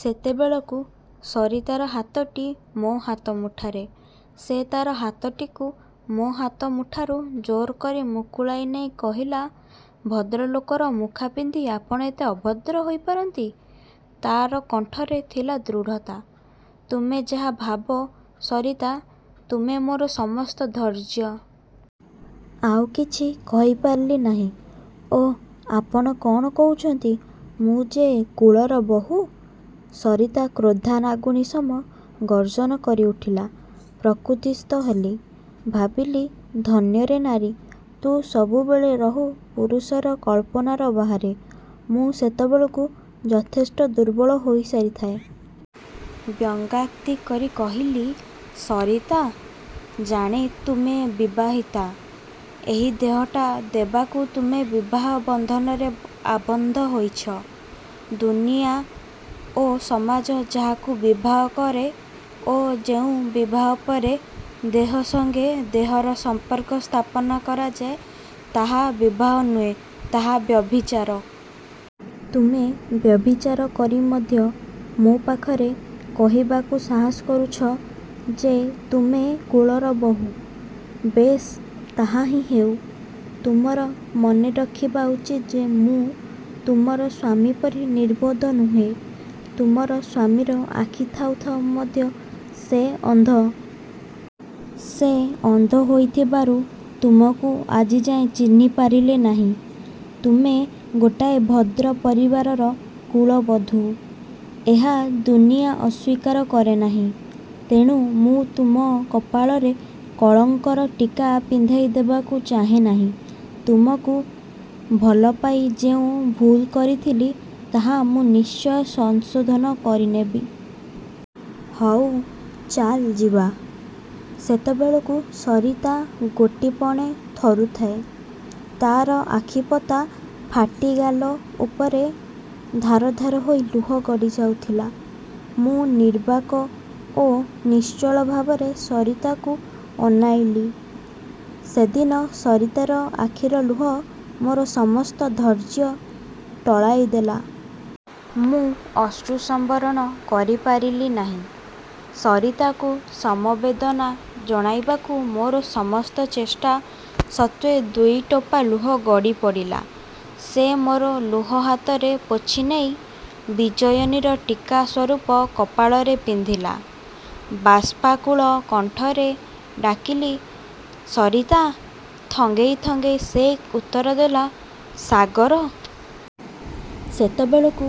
ସେତେବେଳକୁ ସରିତାର ହାତଟି ମୋ ହାତମୁଠାରେ। ସେ ତା'ର ହାତଟିକୁ ମୋ ହାତମୁଠାରୁ ଜୋରକରି ମୁକୁଳାଇ ନେଇ କହିଲା, 'ଭଦ୍ରଲୋକର ମୁଖାପିନ୍ଧି ଆପଣ ଏତେ ଅଭଦ୍ର ହୋଇପାରନ୍ତି? ' ତା'ର କଣ୍ଠରେ ଥିଲା ଦୃଢ଼ତା। ''ତୁମେ ଯାହା ଭାବ ସରିତା, ତୁମେ ମୋର ସମସ୍ତ ଧୈର୍ଯ୍ୟ। '' ଆଉକିଛି କହିପାରିଲି ନାହିଁ। ''ଓଃ, ଆପଣ କ'ଣ କହୁଛନ୍ତି? ମୁଁ ଯେ କୁଳର ବହୂ। '' ସରିତା କ୍ରୋଦ୍ଧା ନାଗୁଣୀ ସମ ଗର୍ଜନ କରିଉଠିଲା। ପ୍ରକୃତିସ୍ଥ ହେଲି। ଭାବିଲି ଧନ୍ୟରେ ନାରୀ! ତୁ ସବୁବେଳେ ରହୁ ପୁରୁଷର କଳ୍ପନାର ବାହାରେ। ମୁଁ ସେତେବେଳକୁ ଯଥେଷ୍ଟ ଦୁର୍ବଳ ହୋଇସାରିଥାଏ। ବ୍ୟଙ୍ଗୋକ୍ତି କରି କହିଲି, ''ସରିତା! ଜାଣେ ତୁମେ ବିବାହିତା। ଏହି ଦେହଟା ଦେବାକୁ ତୁମେ ବିବାହ ବନ୍ଧନରେ ଆବଦ୍ଧ ହୋଇଛ। ଦୁନିଆ ଓ ସମାଜ ଯାହାକୁ ବିବାହ କରେ ଓ ଯେଉଁ ବିବାହ ପରେ ଦେହ ସଙ୍ଗେ ଦେହର ସମ୍ପର୍କ ସ୍ଥାପନ କରାଯାଏ, ତାହା ବିବାହ ନୁହେଁ, ତାହା ବ୍ୟଭିଚାର। ତୁମେ ବ୍ୟଭିଚାର କରି ମଧ୍ୟ ମୋ ପାଖରେ କହିବାକୁ ସାହସ କରୁଛ ଯେ ତୁମେ କୁଳର ବୋହୂ। ବେଶ୍ ତାହାହିଁ ହେଉ। ତୁମର ମନେରଖିବା ଉଚିତ ଯେ ମୁଁ ତୁମର ସ୍ୱାମୀ ପରି ନିର୍ବୋଧ ନୁହେଁ। ତୁମର ସ୍ୱାମୀର ଆଖି ଥାଉଁ ଥାଉଁ ମଧ୍ୟ ସେ ଅନ୍ଧ। ସେ ଅନ୍ଧହୋଇଥିବାରୁ ତୁମକୁ ଆଜି ଯାଏ ଚିହ୍ନିପାରିଲେ ନାହିଁ। ତୁମେ ଗୋଟାଏ ଭଦ୍ର ପରିବାରର କୁଳ ବଧୂ। ଏହା ଦୁନିଆ ଅସ୍ୱୀକାର କରେ ନାହିଁ। ତେଣୁ ମୁଁ ତୁମ କପାଳରେ କଳଙ୍କର ଟୀକା ପିନ୍ଧାଇ ଦେବାକୁ ଚାହେଁ ନାହିଁ। ତୁମକୁ ଭଲପାଇ ଯେଉଁ ଭୁଲକରିଥିଲି, ତାହା ମୁଁ ନିଶ୍ଚୟ ସଂଶୋଧନ କରିନେବି। ହଉ ଚାଲ ଯିବା। '' ସେତେବେଳକୁ ସରିତା ଗୋଟିପଣେ ଥରୁଥାଏ। ତା'ର ଆଖିପତା ଫାଟି ଗାଲ ଉପରେ ଧାର ଧାର ହୋଇ ଲୁହ ଗଡ଼ିଯାଉଥିଲା। ମୁଁ ନିର୍ବାକ ଓ ନିଶ୍ଚଳ ଭାବରେ ସରିତାକୁ ଅନାଇଲି। ସେଦିନ ସରିତାର ଆଖିର ଲୁହ ମୋର ସମସ୍ତ ଧୈର୍ଯ୍ୟ ଟଳାଇ ଦେଲା। ମୁଁ ଅଶ୍ରୁ ସମ୍ବରଣ କରିପାରିଲି ନାହିଁ। ସରିତାକୁ ସମବେଦନା ଜଣାଇବାକୁ ମୋର ସମସ୍ତ ଚେଷ୍ଟା ସତ୍ତ୍ଵେ ଦୁଇଟୋପା ଲୁହ ଗଡ଼ିପଡ଼ିଲା। ସେ ମୋର ଲୁହ ହାତରେ ପୋଛିନେଇ। ବିଜୟନୀର ଟୀକା ସ୍ୱରୂପ କପାଳରେ ପିନ୍ଧିଲା-। ବାଷ୍ପାକୁଳ କଣ୍ଠରେ ଡାକିଲି, ''ସରିତା! '' ଥଙ୍ଗେଇ ଥଙ୍ଗେଇ ସେ ଉତ୍ତରଦେଲା, ''ସାଗର! '' ସେତେବେଳକୁ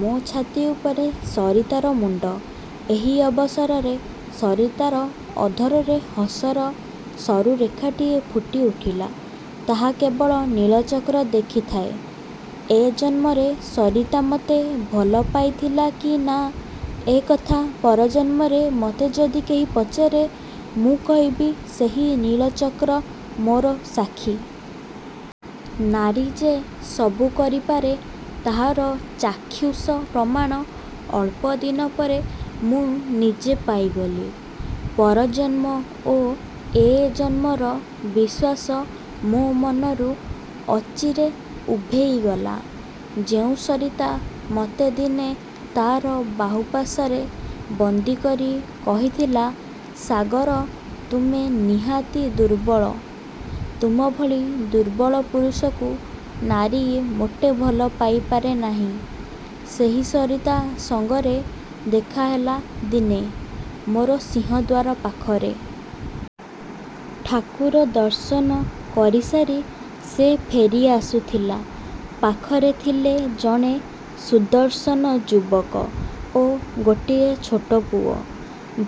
ମୋ ଛାତି ଉପରେ ସରିତାର ମୁଣ୍ଡ। ଏହି ଅବସରରେ ସରିତାର ଅଧରରେ ହସର ସରୁ ରେଖାଟିଏ ଫୁଟିଉଠିଲା। ତାହା କେବଳ ନୀଳଚକ୍ର ଦେଖିଥାଏ। ଏ ଜନ୍ମରେ ସରିତା ମୋତେ ଭଲପାଇଥିଲା କି ନା ଏହି କଥା ପରଜନ୍ମରେ ମୋତେ ଯଦି କେହି ପଚାରେ, ମୁଁ କହିବି ସେହି ନୀଳଚକ୍ର ମୋର ସାକ୍ଷୀ। ନାରୀ ଯେ ସବୁ କରିପାରେ ତାହାର ଚାକ୍ଷୁସ ପ୍ରମାଣ ଅଳ୍ପଦିନ ପରେ ମୁଁ ନିଜେ ପାଇଗଲି। ପରଜନ୍ମ ଓ ଏ ଜନ୍ମର ବିଶ୍ୱାସ ମୋ ମନରୁ ଅଚିରେ ଉଭେଇଗଲା। ଯେଉଁ ସରିତା ମୋତେ ଦିନେ ତା'ର ବାହୁପାଶରେ ବନ୍ଦୀକରି କହିଥିଲା, ''ସାଗର! ତୁମେ ନିହାତି ଦୁର୍ବଳ, ତୁମ ଭଳି ଦୁର୍ବଳ ପୁରୁଷକୁ ନାରୀ ମୋଟେ ଭଲ ପାଇପାରେ ନାହିଁ'', ସେହି ସରିତା ସଙ୍ଗରେ ଦେଖାହେଲା ଦିନେ ମୋର ସିଂହଦ୍ଵାର ପାଖରେ। ଠାକୁର ଦର୍ଶନ କରିସାରି ସେ ଫେରି ଆସୁଥିଲା। ପାଖରେ ଥିଲେ ଜଣେ ସୁଦର୍ଶନ ଯୁବକ ଓ ଗୋଟିଏ ଛୋଟ ପୁଅ।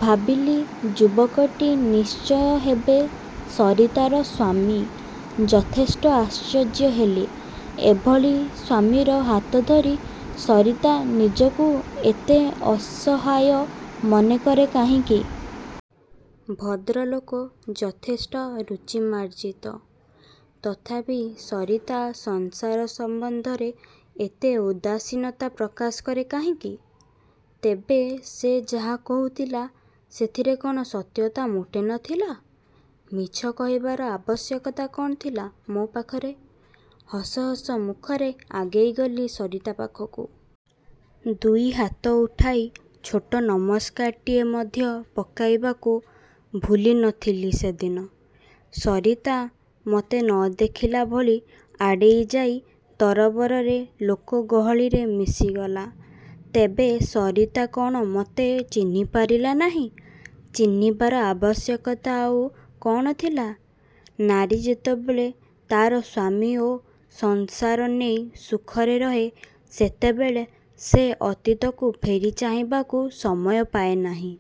ଭାବିଲି ଯୁବକଟି ନିଶ୍ଚୟ ହେବେ ସରିତାର ସ୍ୱାମୀ। ଯଥେଷ୍ଟ ଆଶ୍ଚର୍ଯ୍ୟ ହେଲି। ଏହିଭଳି ସ୍ୱାମୀର ହାତଧରି ସରିତା ନିଜକୁ ଏତେ ଅସହାୟ ମନେକରେ କାହିଁକି? ଭଦ୍ରଲୋକ ଯଥେଷ୍ଟ ରୁଚିମାର୍ଜିତ। ତଥାପି ସରିତା ସଂସାର ସମ୍ବନ୍ଧରେ ଏତେ ଉଦାସୀନତା ପ୍ରକାଶ କରେ କାହିଁକି? ତେବେ ସେ ଯାହା କହୁଥିଲା, ସେଥିରେ କ'ଣ ସତ୍ୟତା ମୋଟେ ନ ଥିଲା? ମିଛ କହିବାର ଆବଶ୍ୟକତା କ'ଣ ଥିଲା ମୋ ପାଖରେ? ହସ ହସ ମୁଖରେ ଆଗେଇଗଲି ସରିତା ପାଖକୁ। ଦୁଇ ହାତ ଉଠାଇ ଛୋଟ ନମସ୍କାରଟିଏ ମଧ୍ୟ ପକାଇବାକୁ ଭୁଲି ନଥିଲି ସେଦିନ। ସରିତା ମୋତେ ନ ଦେଖିଲାଭଳି ଆଡ଼େଇଯାଇ ତରବରରେ ଲୋକ ଗହଳିରେ ମିଶିଗଲା। ତେବେ ସରିତା କ'ଣ ମୋତେ ଚିହ୍ନିପାରିଲା ନାହିଁ? ଚିହ୍ନିବାର ଆବଶ୍ୟକତା ଆଉ କ'ଣ ଥିଲା? ନାରୀ ଯେତେବେଳେ ତା'ର ସ୍ୱାମୀ ଓ ସଂସାର ନେଇ ସୁଖରେ ରହେ ସେତେବେଳେ ସେ ଅତୀତକୁ ଫେରି ଚାହିଁବାକୁ ସମୟ ପାଏ ନାହିଁ-।